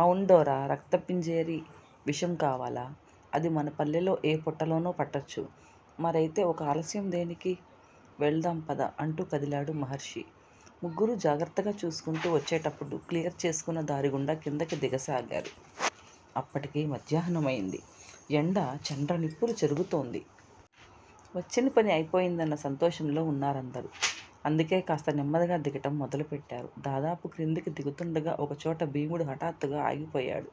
అవున్దొరా. రక్తపింజేరి విషం కావాల. అది మన పల్లెలో ఏ పుట్టలోనో పట్టొచ్చు. మరయితే ఒక ఆలస్యం దేనికి? వెళదాం పద! అంటూ కదిలాడు మహర్షి. ముగ్గురూ జాగ్రత్తగా చూసుకుంటూ వచ్చేటప్పుడు క్లియర్ చేసుకున్న దారిగుండా కిందికి దిగసాగారు. అప్పటికి మధ్యాహ్నమైంది. ఎండ చెండ్రనిప్పులు చెరుగుతోంది. వచ్చినపని అయిపోయిందన్న సంతోషంలో ఉన్నారందరూ. అందుకే కాస్త నెమ్మదిగా దిగటం మొదలు పెట్టారు. దాదాపు క్రిందికి దిగబోతుండగా ఒకచోట భీముడు హఠాత్తుగా ఆగిపోయాడు.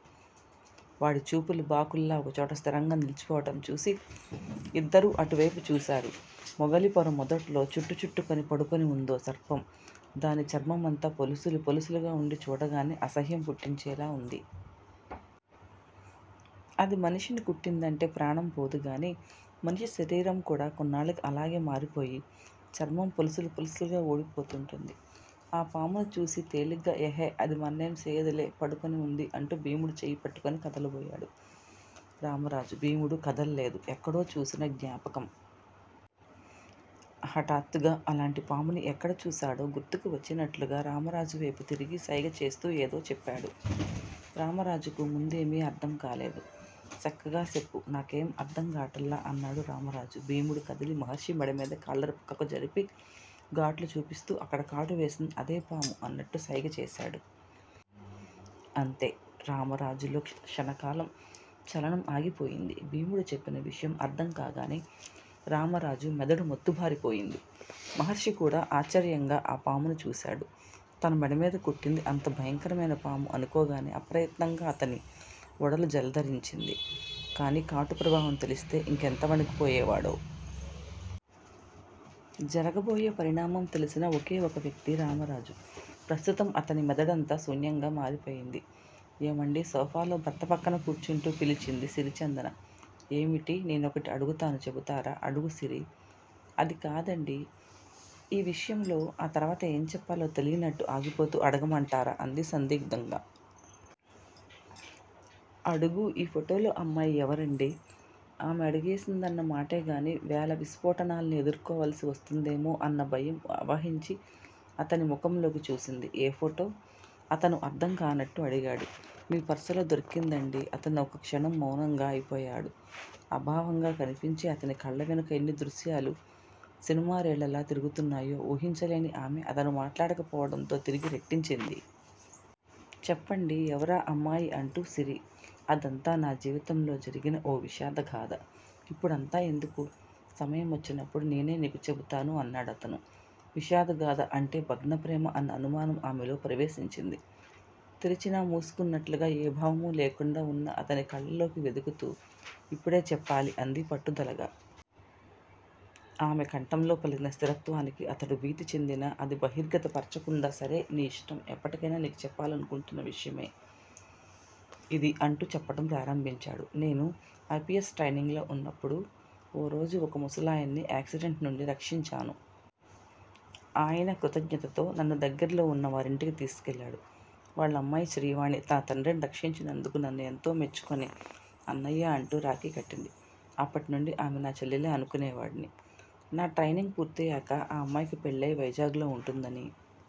వాడి చూపులు బాకుల్లా ఒకచోట స్థిరంగా నిల్చిపోవటం చూసి ఇద్దరూ అటువేపు చూసారు. మొగలిపొర మొదట్లో చుట్ట చుట్టుకుని పడుకుని వుందో సర్పం దాని చర్మమంతా పొలుసులు పొలుసులుగా వుండి చూడగానే అసహ్యం పుట్టించేలా వుంది. అది మనిషిని కుట్టిందంటే ప్రాణం పోదుగానీ మనిషి శరీరం కూడా కొన్నాళ్ళకి అలాగే మారిపోయి చర్మం పొలుసులుగా ఊడిపోతూంటుంది. ఆ పామును చూసి తేలిగ్గా ఎహే! అది మన్నేం సేయదులే. పడుకుని వుంది అంటూ భీముడి చెయ్యి పట్టుకుని కదలబోయాడు రామరాజు. భీముడు కదలలేదు. ఎక్కడో చూసిన జ్ఞాపకం. హఠాత్తుగా అలాంటి పాముని ఎక్కడ చూశాడో గుర్తుకు వచ్చినట్లుగా రామరాజు వేపు తిరిగి సైగచేస్తూ ఏదో చెప్పాడు. రామరాజుకు ముందేమీ అర్థంకాలేదు. సక్కగా సెప్పు. నాకేం అర్థంగాటల్లా అన్నాడు రామరాజు. భీముడు కదిలి మహర్షి మెడమీద కాలర్ పక్కకు జరిపి గాట్లు చూపిస్తూ అక్కడ కాటు వేసింది అదే పాము అన్నట్టు సైగ చేశాడు. అంతే! రామరాజులో క్షణకాలం చలనం ఆగిపోయింది. భీముడు చెప్పిన విషయం అర్థంకాగానే రామరాజు మెదడు మొద్దుబారిపోయింది. మహర్షి కూడా ఆశ్చర్యంగా ఆ పామును చూసాడు. తన మెడమీద కుట్టింది అంత భయంకరమైన పాము అనుకోగానే ఆప్రయత్నంగా అతని ఒడలు జలదరించింది. దాని కాటు ప్రభావం తెలిస్తే ఇంకెంత వణికిపోయేవాడో?! జరగబోయే పరిణామం తెలిసిన ఒకే ఒక వ్యక్తి రామరాజు. ప్రస్తుతం అతని మెదడంతా శూన్యంగా మారిపోయింది. ఏమండీ! సోఫాలో భర్త ప్రక్కన కూర్చుంటూ పిలిచింది సిరిచందన. ఏమిటీ! నేనొకటి అడుగుతాను చెబుతారా? అడుగు సిరీ అదికాదండీ ఈ విషయంలో ఆ తర్వాత ఏం చెప్పాలో తెలీనట్టు ఆగిపోతూ అడగమంటారా అంది సందిగ్ధంగా. అడుగు ఈ ఫోటోలో అమ్మాయి ఎవరండీ? ఆమె అడిగేసిందన్న మాటేగాని వేల విస్ఫోటనాల్ని ఎదుర్కోవాల్సి వస్తుందేమో అన్న భయం ఆవహించి అతని ముఖంలోకి చూసింది. ఏ ఫోటో? అతను అర్థంకానట్టు అడిగాడు. మీ పర్సులో దొరికిందండీ! అతను ఒక్కక్షణం మౌనంగా అయిపోయాడు. అభావంగా కనిపించే అతని కళ్ళవెనుక ఎన్ని దృశ్యాలు సినిమా రీళ్ళలా తిరుగుతున్నాయో ఊహించలేని ఆమె అతను మాట్లాడకపోవటంతో తిరిగి రెట్టించింది. చెప్పండి. ఎవరా అమ్మాయి అంటూ. సిరి! అదంతా నా జీవితంలో జరిగిన ఓ విషాదగాథ. ఇప్పుడంతా ఎందుకు? సమయమొచ్చినప్పుడు నేనే నీకు చెబుతాను అన్నాడతను. విషాదగాథ అంటే భగ్న ప్రేమ అన్న అనుమానం ఆమెలో ప్రవేశించింది. తెరిచినా మూసుకున్నట్లుగా ఏ భావమూ లేకుండా ఉన్న అతని కళ్ళల్లోకి వెదుకుతూ ఇప్పుడే చెప్పాలి అంది పట్టుదలగా. ఆమె కంఠంలో పలికిన స్థిరత్వానికి అతడు భీతిచెందినా అది బహిర్గత పరచకుండా సరే నీ ఇష్టం. ఎప్పటికయినా నీకు చెప్పాలనుకుంటున్న విషయమే ఇది అంటూ చెప్పటం ప్రారంభించాడు. నేను ఐ పి ఎస్ ట్రైనింగ్ లో ఉన్నప్పుడు ఓ రోజు ఒక ముసలాయన్ని యాక్సిడెంట్ నుండి రక్షించాను. ఆయన కృతజ్ఞతతో నన్ను దగ్గర్లోనే వున్న వారింటికి తీసుకువెళ్ళాడు. వాళ్ళమ్మాయి శ్రీవాణి తన తండ్రిని రక్షించినందుకు నన్ను ఎంతో మెచ్చుకుని అన్నయ్యా అంటూ రాఖీ కట్టింది. అప్పటినుండి ఆమె నా చెల్లెలే అనుకునేవాడిని. నా ట్రైనింగ్ పూర్తయ్యాక ఆ అమ్మాయికి పెళ్ళై వైజాగ్ లో ఉంటుందని